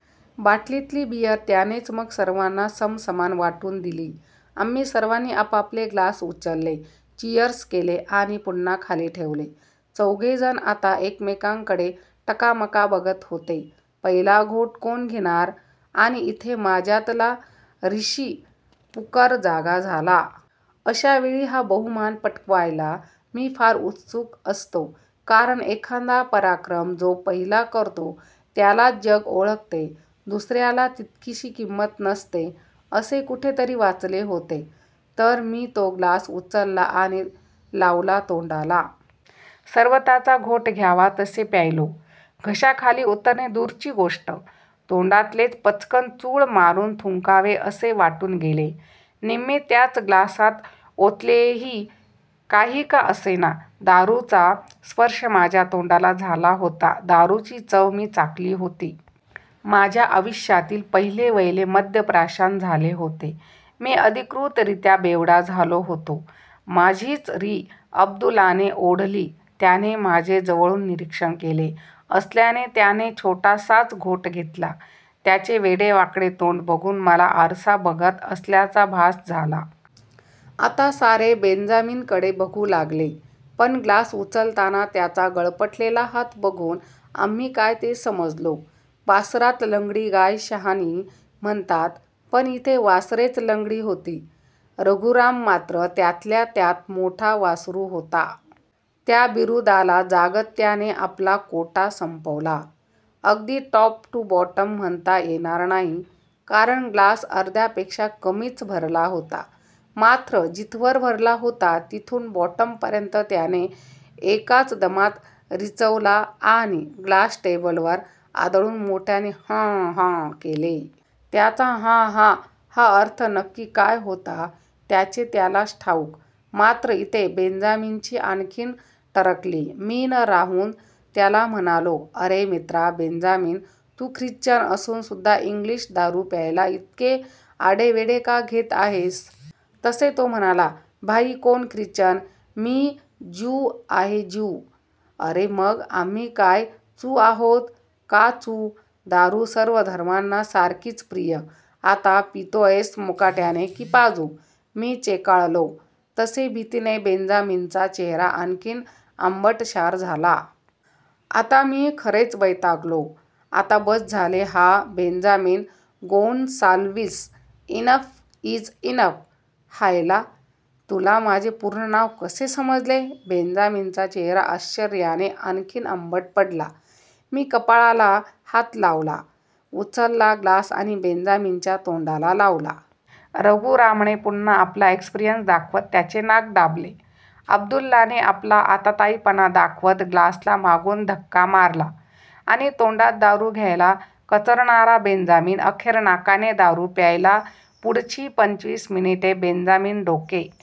बाटलीतील beer त्यानेच मग सर्वांना समसमान वाटून दिली. आम्ही सर्वांनी आपापले ग्लास उचलले. चीअर्स केले. आणि पुन्हा खाली ठेवले. चौघे जण आता एकमेकांमडे टकामका बघत होतो. पहिला घोट कोण घेणार? आणि ईथे माझ्यातला 'रिशी पकूर' जागा झाला. अश्यावेळी हा बहुमान पटकवायला मी फार उत्सुक असतो. कारण एखादा पराक्रम जो पहिला करतो त्यालाच जग ओळखते, दुसर्याला तितकीशी किंमत नसते. असे कुठेतरी वाचले होते. तर मी तो ग्लास उचलला आणि लावला तोंडाला. सरबताचा घोट घ्यावा तसे प्यायलो. घशाखाली उतरणे दूरची गोष्ट, तोंडातलेच पचकन चूळ मारून थुंकावे असे वाटून गेले. निम्मे त्याच ग्लासात ओतलेही. काही का असेना! दारूचा स्पर्श माझ्या तोंडाला झाला होता. दारूची चव मी चाखली होती. माझे आयुष्यातील पहिलेवहिले मद्यप्राशन झाले होते. मी अधिकृतरीत्या 'बेवडा' झालो होतो! माझीच री अब्दुल्लाने ओढली. त्याने माझे जवळून निरीक्षण केले असल्याने त्याने छोटासाच घोट घेतला. त्याचे वेडेवाकडे तोंड बघून मला आरसा बघत असल्याचा भास झाला. आता सारे बेंजामीनकडे बघू लागले. पण ग्लास उचलतानाचा त्याचा गळपटलेला हात बघून आम्ही काय ते समजलो. वासरात लंगडी गाय शहाणी म्हणतात, पण ईथे वासरेच लंगडी होती. रघुराम मात्र त्यातल्या त्यात मोठा वासरू होता. त्या बिरुदाला जागत त्याने आपला कोटा संपवला. अगदी टॉप टू बॉटम म्हणता येणार नाही, कारण ग्लास अर्ध्यापेक्षा कमीच भरला होता. मात्र जिथवर भरला होता तिथून बॉटमपर्यंत त्याने एकाच दमात रिचवला. आणि ग्लास टेबलवर आदळून मोठ्याने "हांह" केले. त्या 'हांह' चा अर्थ नक्की काय होता त्याचे त्यालाच ठाऊक, मात्र ईथे बेंजामीनची आणखी टरकली. मी न राहवून त्याला म्हणालो, "अरे मित्रा बेंजामीन, तू ख्रिश्चन असून सुद्धा इंग्लिश दारू प्यायला ईतके आढेवेढे का घेत आहेस? "तसे तो म्हणाला, "भाई कोण ख्रिश्चन? मी ज्यू आहे ज्यू.. ""अरे मग आम्ही काय चु आहोत का चु? दारू सर्व धर्मांना सारखीच प्रिय! आता पितोयस मुकाट्याने की पाजू? " मी चेकाळलो. तसे भितीने बेंजामीनचा चेहरा आणखी आंबटशार झाला. आता मी खरेच वैतागलो, "आता बस्स झाले हा Benjamin Gonsalves.. enough is enough! ""हायला!, तुला माझे पुर्ण नाव कसे समजले? " बेंजामीनचा चेहरा आश्चर्याने आणखी आंबट पडला. मी कपाळाला हात लावला. उचलला ग्लास आणि बेंजामीनच्या तोंडाला लावला. रघुरामने पुन्हा आपला एक्सपिरंन्स दाखवत त्याचे नाक दाबले. अब्दुल्लानेही आपला आतातायीपणा दाखवत ग्लासला मागून धक्का मारला. आणि तोंडात दारू घ्यायला कचरणारा बेंजामीन, अखेर नाकाने दारू प्यायलापुढची पंचवीस मिनिटे बेंजामीन डोके